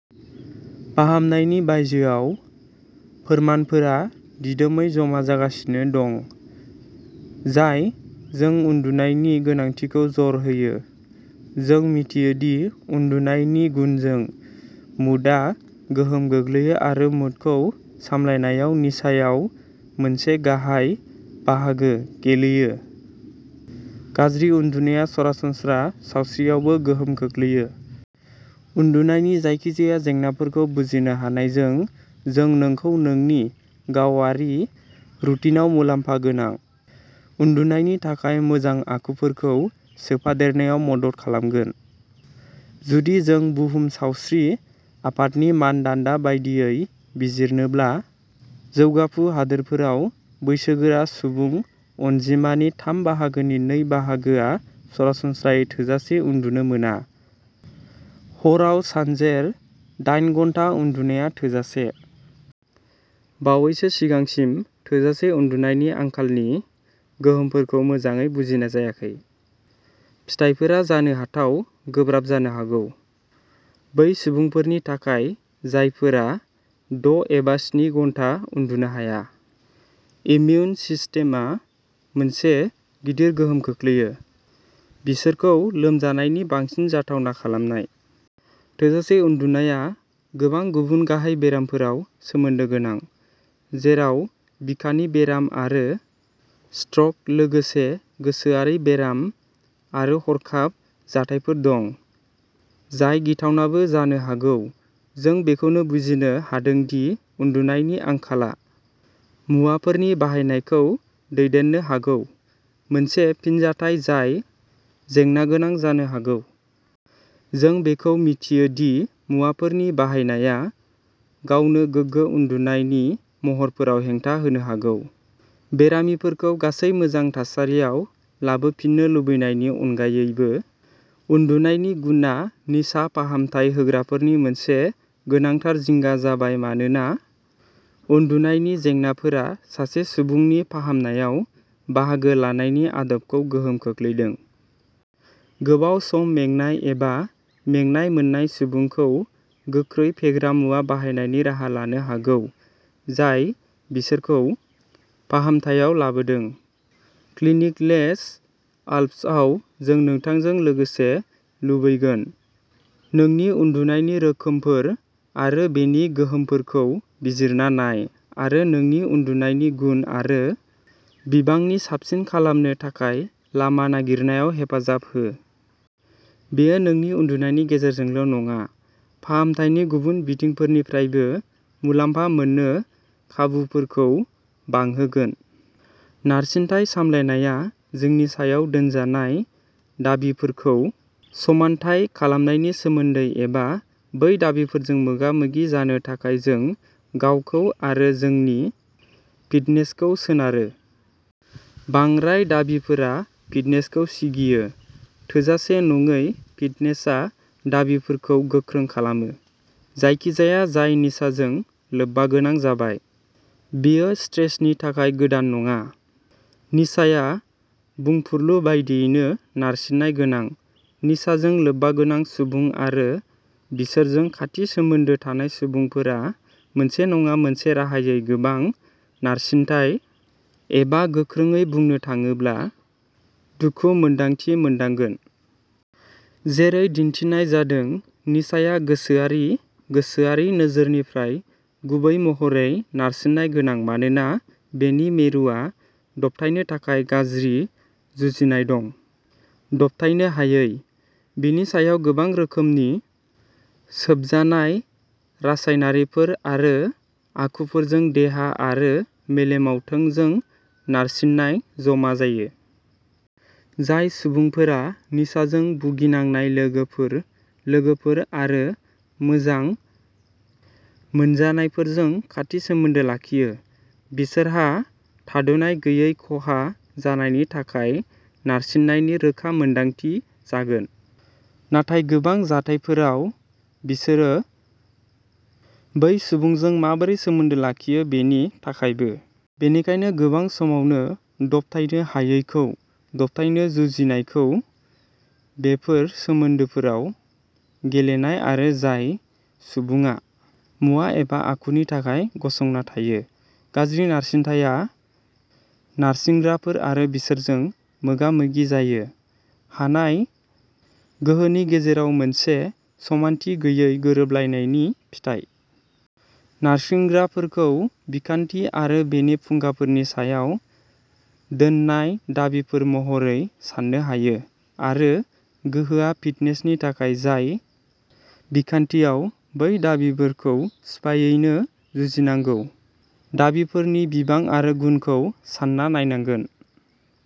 फाहामनायनि बायजोआव। फोरमानफोरा दिदोमै जमा जागासिनो दं जाय मोजां उन्दुनायनि गोनांथिखौ जर होयो। जों मिथियो दि उन्दुनायनि गुनजों मुडआ गोहोम गोग्लैयो आरो मुडखौ सामलायनाया निसायाव मोनसे गाहाय बाहागो गेलेयो। गाज्रि उन्दुनाया सरासनस्रा सावस्रियावबो गोहोम खोख्लैयो। उन्दुनायनि जायखिजाया जेंनाफोरखौ बुजिनो हानायजों, जों नोंखौ नोंनि गावारि रुटिनआव मुलाम्फा गोनां, उन्दुनायनि थाखाय मोजां आखुफोरखौ सोफादेरनायाव मदद खालामगोन। जुदि जों बुहुम सावस्रि आफादनि मानदान्दा बायदियै बिजिरनोब्ला, जौगाफु हादोरफोराव बैसोगोरा सुबुं अनजिमानि थाम बाहागोनि नै बाहागोआ सरासनस्रायै थोजासे उन्दुनो मोना हराव सानजेर दाइन घन्टा उन्दुनाया थोजासे। बावैसो सिगांसिम थोजासे उन्दुनायनि आंखालनि गोहोमफोरखौ मोजाङै बुजिनाय जायाखै। फिथायफोरा जानो हाथाव गोब्राब जानो हागौ। बै सुबुंफोरनि थाखाय जायफोरा द' एबा स्नि घन्टा उन्दुनो हाया, इमिउन सिस्टेमआ मोनसे गिदिर गोहोम खोख्लैयो। बिसोरखौ लोमजानायनि बांसिन जाथावना खालामनाय। थोजासे उन्दुनाया गोबां गुबुन गाहाय बेरामफोराव सोमोन्दो गोनां, जेराव बिखानि बेराम आरो स्ट्रक लोगोसे गोसोआरि बेराम आरो हरखाब जाथायफोर दं, जाय गिथावनाबो जानो हागौ। जों बेखौबो बुजिनो हादों दि उन्दुनायनि आंखालआ मुवाफोरनि बाहायनायखौ दैदेननो हागौ, मोनसे फिनजाथाय जाय जेंनागोनां जानो हागौ। जों बेखौबो मिन्थियो दि मुवाफोरनि बाहायनाया गावनो गोगो उन्दुनायनि महरफोराव हेंथा होनो हागौ। बेरामिफोरखौ गासै मोजां थासारियाव लाबोफिननो लुबैनायनि अनगायैबो, उन्दुनायनि गुनआ निसा फाहामथाय होग्राफोरनि मोनसे गोनांथार जिंगा जाबाय मानोना उन्दुनायनि जेंनाफोरा सासे सुबुंनि फाहामनायाव बाहागो लानायनि आदबखौ गोहोम खोख्लैदों। गोबाव सम मेंनाय एबा मेंनाय मोननाया सुबुंखौ गोख्रै फेग्रा मुवा बाहायनायनि राहा लानो हागौ जाय बिसोरखौ फाहामथायाव लाबोदोंमोन। क्लिनिक लेस आल्प्सआव जों नोंथांजों लोगोसे लुबैगोन। नोंनि उन्दुनायनि रोखोमफोर आरो बेनि गोहोमफोरखौ बिजिरना नाय आरो नोंनि उन्दुनायनि गुन आरो बिबांखौ साबसिन खालामनो थाखाय लामा नागिरनायाव हेफाजाब हो। बेयो नोंनि उन्दुनायनि गेजेरजोंल' नङा, फाहामथायनि गुबुन बिथिंफोरनिफ्रायबो मुलाम्फा मोननो खाबुफोरखौ बांहोगोन। नारसिनथाय सामलायनाया जोंनि सायाव दोनजानाय दाबिफोरखौ समानथाय खालामनायनि सोमोन्दै एबा बै दाबिफोरजों मोगा-मोगि जानो थाखाय जों गावखौ आरो जोंनि फिटनेसखौ सोनारो। बांद्राय दाबिफोरा फिटनेसखौ सिगियो। थोजासे नङै फिटनेसआ दाबिफोरखौ गोख्रों खालामो। जायखिजाया जाय निसाजों लोब्बागोनां जाबाय, बियो स्ट्रेसनि थाखाय गोदान नङा। निसाया बुंफुरलु बायदियैनो नारसिननाय गोनां। निसाजों लोब्बागोनां सुबुं आरो बिसोरजों खाथि सोमोन्दो थानाय सुबुंफोरा मोनसे नङा मोनसे राहायै गोबां नारसिनथाय-एबा गोख्रोङै बुंनो थाङोब्ला, दुखु-मोन्दांथि मोनदांगोन। जेरै दिनथिनाय जादों, निसाया गोसोआरि-गोसोआरि नोजोरनिफ्राय गुबै महरै नारसिननाय गोनां मानोना बेनि मिरुआव दबथायनो थाखाय गाज्रि जुजिनाय दं। दबथायनो हायै। बेनि सायाव गोबां रोखोमनि सोबजानाय रासायनारिफोर आरो आखुफोरजों देहा आरो मेलेमाव थोंजों नारसिननाय जमा जायो। जाय सुबुंफोरा निसाजों भुगिनांनाय लोगोफोर, लोगोफोर आरो मोजां मोनजानायफोरजों खाथि सोमोन्दो लाखियो, बिसोरहा थादनाय गैयै खहा जानायनि थाखाय नारसिननायनि रोखोमसे मोन्दांथि जागोन, नाथाय गोबां जाथायफोराव बिसोर बै सुबुंजों माबोरै सोमोन्दो लाखियो बेनि थाखायबो। बेनिखायनो गोबां समावनो दबथायनो हायैखौ दबथायनो जुजिनायखौ बेफोर सोमोन्दोफोराव गेलेनाय जायो जाय सुबुङा मुवा एबा आखुनि थाखाय गसंना थायो। गाज्रि नारसिनथाया नारसिनग्राफोर आरो बिसोरजों मोगा-मोगि जानो हानाय गोहोनि गेजेराव मोनसे समानथि गैयै गोरोबलायनायनि फिथाय। नारसिनग्राफोरखौ बिखान्थि आरो बेनि फुंखाफोरनि सायाव दोननाय दाबिफोर महरै साननो हायो आरो गोहोआ फिटनेसनि थाखो जाय बिखान्थिया बै दाबिफोरखौ सिफायैनो जुजिनांगौ। दाबिफोरनि बिबां आरो गुनखौ सान्ना नायनांगोन।